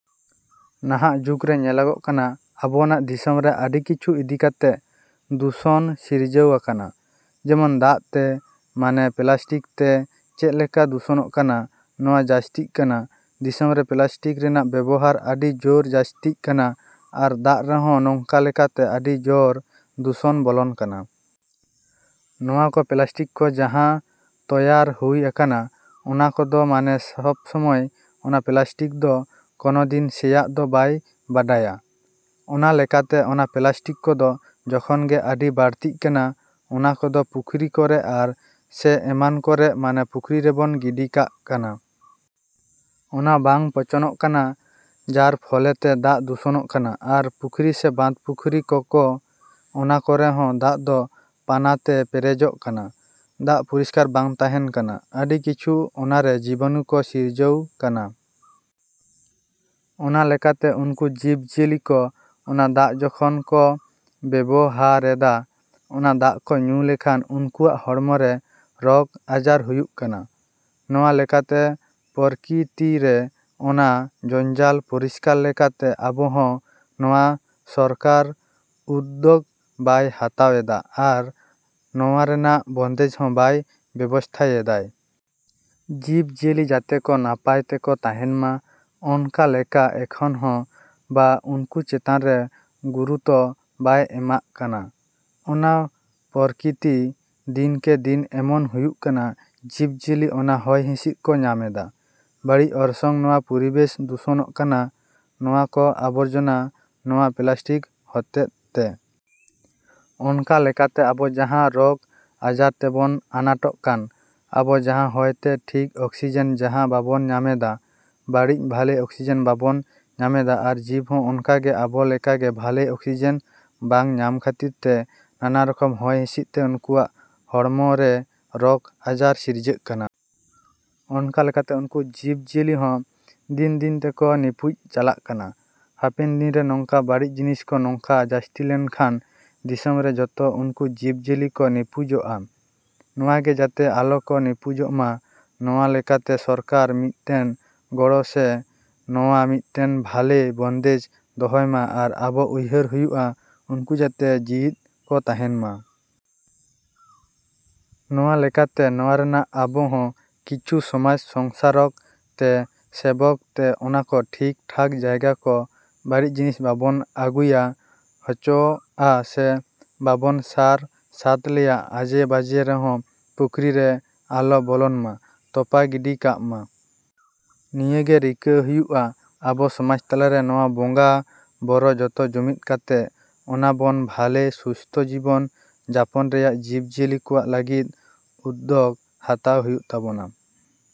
ᱱᱟᱦᱟᱜ ᱡᱩᱜᱽᱨᱮ ᱧᱮᱞᱚᱜᱚᱜ ᱠᱟᱱᱟ ᱟᱵᱚᱱᱟᱜ ᱫᱤᱥᱚᱢᱨᱮ ᱟᱹᱰᱤ ᱠᱤᱪᱷᱩ ᱤᱫᱤ ᱠᱟᱛᱮᱜ ᱫᱩᱥᱚᱱ ᱥᱤᱨᱡᱟᱹᱣ ᱟᱠᱟᱱᱟ᱾ ᱡᱮᱢᱚᱱ ᱫᱟᱜ ᱛᱮ, ᱢᱟᱱᱮ ᱯᱞᱟᱥᱴᱤᱠ ᱛᱮ ᱪᱮᱫ ᱞᱮᱠᱟ ᱫᱩᱥᱚᱱᱚᱜ ᱠᱟᱱᱟ ᱱᱚᱣᱟ ᱡᱟᱹᱥᱛᱤᱜ ᱠᱟᱱᱟ᱾ ᱫᱤᱥᱚᱢᱨᱮ ᱯᱞᱟᱥᱴᱤᱠ ᱨᱮᱱᱟᱜ ᱵᱮᱵᱚᱦᱟᱨ ᱟᱹᱰᱤ ᱡᱚᱨ ᱡᱟᱹᱥᱛᱤᱜ ᱠᱟᱱᱟ ᱟᱨ ᱫᱟᱜ ᱨᱮᱦᱚᱸ ᱱᱚᱝᱠᱟ ᱞᱮᱠᱟᱛᱮ ᱟᱹᱰᱤ ᱡᱚᱨ ᱫᱩᱥᱚᱱ ᱵᱚᱞᱚᱱ ᱠᱟᱱᱟ᱾ ᱱᱚᱣᱟ ᱠᱚ ᱯᱞᱟᱥᱴᱤᱠ ᱠᱚ ᱡᱟᱦᱟᱸ ᱛᱚᱭᱟᱨ ᱦᱩᱭ ᱟᱠᱟᱱᱟ ᱚᱱᱟ ᱠᱚᱫᱚ ᱢᱟᱱᱮ ᱥᱚᱵ ᱥᱚᱢᱚᱭ ᱚᱱᱟ ᱯᱞᱟᱥᱴᱤᱠ ᱫᱚ ᱠᱚᱱᱚ ᱫᱤᱱ ᱥᱮᱭᱟᱜ ᱫᱚ ᱵᱟᱭ ᱵᱟᱰᱟᱭᱟ᱾ ᱚᱱᱟ ᱞᱮᱠᱟᱛᱮ ᱚᱱᱟ ᱯᱞᱟᱥᱴᱤᱠ ᱠᱚᱫᱚ ᱡᱚᱠᱷᱚᱱᱜᱮ ᱟᱹᱰᱤ ᱵᱟᱹᱲᱛᱤᱜ ᱠᱟᱱᱟ ᱚᱱᱟ ᱠᱚᱫᱚ ᱯᱩᱠᱷᱨᱤ ᱠᱚᱨᱮᱜ ᱟᱨ ᱥᱮ ᱮᱢᱟᱱ ᱠᱚᱨᱮᱜ ᱢᱟᱱᱮ ᱯᱩᱠᱷᱨᱤ ᱨᱮᱵᱚᱱ ᱜᱤᱰᱤ ᱠᱟᱜ ᱠᱟᱱᱟ᱾ ᱚᱱᱟ ᱵᱟᱝ ᱯᱚᱪᱚᱱᱚᱜ ᱠᱟᱱᱟ ᱡᱟᱨ ᱯᱷᱚᱞᱮᱛᱮ ᱫᱟᱜ ᱫᱩᱥᱚᱱᱚᱜ ᱠᱟᱱᱟ ᱟᱨ ᱯᱩᱠᱷᱨᱤ ᱥᱮ ᱵᱟᱸᱫᱷ ᱯᱩᱠᱷᱨᱤ ᱠᱚᱠᱚ ᱚᱱᱟ ᱠᱚᱨᱮ ᱦᱚᱸ ᱫᱟᱜ ᱫᱚ ᱯᱟᱱᱟᱛᱮ ᱯᱮᱨᱮᱡᱚᱜ ᱠᱟᱱᱟ᱾ ᱫᱟᱜ ᱯᱚᱨᱤᱥᱠᱟᱨ ᱵᱟᱝ ᱛᱟᱦᱮᱱ ᱠᱟᱱᱟ, ᱟᱹᱰᱤ ᱠᱤᱪᱷᱩ ᱚᱱᱟᱨᱮ ᱡᱤᱵᱟᱱᱩ ᱠᱚ ᱥᱤᱨᱡᱟᱹᱣ ᱠᱟᱱᱟ᱾ ᱚᱱᱟ ᱞᱮᱠᱟᱛᱮ ᱩᱱᱠᱩ ᱡᱤᱵᱽ ᱡᱤᱭᱟᱹᱞᱤ ᱠᱚ ᱚᱱᱟ ᱫᱟᱜ ᱡᱚᱠᱷᱚᱱ ᱠᱚ ᱵᱮᱵᱚᱦᱟᱨᱮᱫᱟ, ᱚᱱᱟ ᱫᱟᱜ ᱠᱚ ᱧᱩ ᱞᱮᱠᱷᱟᱱ ᱩᱱᱠᱩᱣᱟᱜ ᱦᱚᱲᱢᱚᱨᱮ ᱨᱚᱜᱽ ᱟᱡᱟᱨ ᱦᱩᱭᱩᱜ ᱠᱟᱱᱟ᱾ ᱱᱚᱣᱟ ᱞᱮᱠᱟᱛᱮ ᱯᱚᱨᱠᱤᱛᱤᱨᱮ ᱚᱱᱟ ᱡᱚᱧᱡᱟᱞ ᱯᱚᱨᱤᱥᱠᱟᱨ ᱞᱮᱠᱟᱛᱮ ᱟᱵᱚ ᱦᱚᱸ ᱱᱚᱣᱟ ᱥᱚᱨᱠᱟᱨ ᱩᱫᱽᱫᱚᱜᱽ ᱵᱟᱭ ᱦᱟᱛᱟᱣᱮᱫᱟ ᱟᱨ ᱱᱚᱣᱟ ᱨᱮᱱᱟᱜ ᱵᱚᱱᱫᱮᱡᱽ ᱦᱚᱸ ᱵᱟᱭ ᱵᱮᱵᱚᱥᱛᱷᱟᱭᱮᱫᱟᱭ᱾ ᱡᱤᱵᱽ ᱡᱤᱭᱟᱹᱞᱤ ᱡᱟᱛᱮ ᱠᱚ ᱱᱟᱯᱟᱭ ᱛᱮᱠᱚ ᱛᱟᱦᱮᱱ ᱢᱟ ᱚᱱᱠᱟ ᱞᱮᱠᱟ ᱮᱠᱷᱚᱱ ᱦᱚᱸ ᱵᱟ ᱩᱱᱠᱩ ᱪᱮᱛᱟᱱ ᱨᱮ ᱜᱩᱨᱩᱛᱚ ᱵᱟᱭ ᱮᱢᱟᱜ ᱠᱟᱱᱟ᱾ ᱚᱱᱟ ᱯᱚᱨᱠᱤᱛᱤ ᱫᱤᱱ ᱠᱮ ᱫᱤᱱ ᱮᱢᱚᱱ ᱦᱩᱭᱩᱜ ᱠᱟᱱᱟ ᱡᱤᱵᱽ ᱡᱤᱭᱟᱹᱞᱤ ᱚᱱᱟ ᱦᱚᱭ ᱦᱤᱸᱥᱤᱫ ᱠᱚ ᱧᱟᱢᱮᱫᱟ, ᱵᱟᱹᱲᱤᱡ ᱚᱨᱥᱚᱝ ᱱᱚᱣᱟ ᱯᱚᱨᱤᱵᱮᱥ ᱫᱩᱥᱚᱱᱚᱜ ᱠᱟᱱᱟ ᱱᱚᱣᱟ ᱠᱚ ᱟᱵᱚᱨᱡᱚᱱᱟ ᱱᱚᱣᱟ ᱯᱞᱟᱥᱴᱤᱠ ᱦᱚᱛᱮᱫ ᱛᱮ᱾ ᱚᱱᱠᱟ ᱞᱮᱠᱟᱛᱮ ᱟᱵᱚ ᱡᱟᱦᱟᱸ ᱨᱚᱜᱽ ᱟᱡᱟᱨ ᱛᱮᱵᱚᱱ ᱟᱱᱟᱴᱚᱜ ᱠᱟᱱ, ᱟᱵᱚ ᱡᱟᱦᱟᱸ ᱦᱚᱭᱛᱮ ᱴᱷᱤᱠ ᱚᱠᱥᱤᱡᱮᱱ ᱡᱟᱦᱟᱸ ᱵᱟᱵᱚᱱ ᱧᱟᱢᱮᱫᱟ, ᱵᱟᱹᱲᱤᱡ ᱵᱷᱟᱞᱮ ᱚᱠᱥᱤᱡᱮᱱ ᱵᱟᱵᱚᱱ ᱧᱟᱢᱮᱫᱟ ᱟᱨ ᱡᱤᱵᱽ ᱦᱚᱸ ᱚᱱᱠᱟᱜᱮ ᱟᱵᱚ ᱞᱮᱠᱟᱜᱮ ᱵᱷᱟᱞᱮ ᱚᱠᱥᱤᱡᱮᱱ ᱵᱟᱝ ᱧᱟᱢ ᱠᱷᱟᱹᱛᱤᱨ ᱛᱮ ᱱᱟᱱᱟ ᱨᱚᱠᱚᱢ ᱦᱚᱭ ᱦᱤᱸᱥᱤᱫ ᱛᱮ ᱩᱱᱠᱩᱣᱟᱜ ᱦᱚᱲᱢᱚᱨᱮ ᱨᱚᱜᱽ ᱟᱡᱟᱨ ᱥᱤᱨᱡᱟᱹᱜ ᱠᱟᱱᱟ᱾ ᱚᱱᱠᱟ ᱞᱮᱠᱟᱛᱮ ᱩᱱᱠᱩ ᱡᱤᱵᱽ ᱡᱤᱭᱟᱹᱞᱤ ᱦᱚᱸ ᱫᱤᱱ ᱫᱤᱱ ᱛᱮᱠᱚ ᱱᱤᱯᱩᱡ ᱪᱟᱞᱟᱜ ᱠᱟᱱᱟ᱾ ᱦᱟᱯᱮᱱ ᱫᱤᱱ ᱨᱮ ᱱᱚᱝᱠᱟ ᱵᱟᱹᱲᱤᱡ ᱡᱤᱱᱤᱥ ᱠᱚ ᱱᱚᱝᱠᱟ ᱡᱟᱹᱥᱛᱤ ᱞᱮᱱᱠᱷᱟᱱ ᱫᱤᱥᱚᱢᱨᱮ ᱡᱚᱛᱚ ᱩᱱᱠᱩ ᱡᱤᱵᱽ ᱡᱤᱭᱟᱹᱞᱤ ᱠᱚ ᱱᱤᱯᱩᱡᱚᱜᱼᱟ᱾ ᱱᱚᱣᱟᱜᱮ ᱡᱟᱛᱮ ᱟᱞᱚ ᱠᱚ ᱱᱤᱯᱩᱡᱚᱜᱼᱢᱟ ᱱᱚᱣᱟ ᱞᱮᱠᱟᱛᱮ ᱥᱚᱨᱠᱟᱨ ᱢᱤᱫᱴᱮᱱ ᱜᱚᱲᱚ ᱥᱮ ᱱᱚᱣᱟ ᱢᱤᱫᱴᱮᱱ ᱵᱷᱟᱞᱮ ᱵᱚᱱᱫᱮᱡᱽ ᱫᱚᱦᱚᱭ ᱢᱟ ᱟᱨ ᱟᱵᱚ ᱩᱭᱦᱟᱹᱨ ᱦᱩᱭᱩᱜᱼᱟ ᱩᱱᱠᱩ ᱡᱟᱛᱮ ᱡᱤᱣᱤᱛ ᱠᱚ ᱛᱟᱦᱮᱱ ᱢᱟ᱾ ᱱᱚᱣᱟ ᱞᱮᱠᱟᱛᱮ ᱱᱚᱣᱟ ᱨᱮᱱᱟᱜ ᱟᱵᱚ ᱦᱚᱸ ᱠᱤᱪᱷᱩ ᱥᱚᱢᱟᱡᱽ ᱥᱚᱝᱥᱠᱟᱨᱚᱠ ᱛᱮ ᱥᱮᱵᱚᱠ ᱛᱮ ᱚᱱᱟ ᱠᱚ ᱴᱷᱤᱠ ᱴᱷᱟᱠ ᱡᱟᱭᱜᱟ ᱠᱚ ᱵᱟᱹᱲᱤᱡ ᱡᱤᱱᱤᱥ ᱵᱟᱵᱚᱱ ᱟᱹᱜᱩᱭᱟ ᱦᱚᱪᱚᱜᱼᱟ ᱥᱮ ᱵᱟᱵᱚᱱ ᱥᱟᱨ ᱥᱟᱫᱞᱮᱭᱟ ᱟᱡᱮ ᱵᱟᱡᱮ ᱨᱮᱦᱚᱸ ᱯᱩᱠᱷᱨᱤ ᱨᱮ ᱟᱞᱚ ᱵᱚᱞᱚᱱ ᱢᱟ, ᱛᱚᱯᱟ ᱜᱤᱰᱤ ᱠᱟᱜ ᱢᱟ᱾ ᱱᱤᱭᱟᱹᱜᱮ ᱨᱤᱠᱟᱹ ᱦᱩᱭᱩᱜᱼᱟ ᱟᱵᱚ ᱥᱚᱢᱟᱡᱽ ᱛᱟᱞᱟᱨᱮ ᱱᱚᱣᱟ ᱵᱚᱸᱜᱟ ᱵᱚᱨᱚ ᱡᱚᱛᱚ ᱡᱩᱢᱤᱫ ᱠᱟᱛᱮᱜ ᱚᱱᱟ ᱵᱚᱱ ᱵᱷᱟᱞᱮ ᱥᱩᱥᱛᱷᱚ ᱡᱤᱵᱚᱱ ᱡᱟᱯᱚᱱ ᱨᱮᱭᱟᱜ ᱡᱤᱵᱽ ᱡᱤᱭᱟᱹᱞᱤ ᱠᱚᱣᱟᱜ ᱞᱟᱹᱜᱤᱫ ᱩᱫᱽᱫᱚᱜᱽ ᱦᱟᱛᱟᱣ ᱦᱩᱭᱩᱜ ᱛᱟᱵᱚᱱᱟ᱾।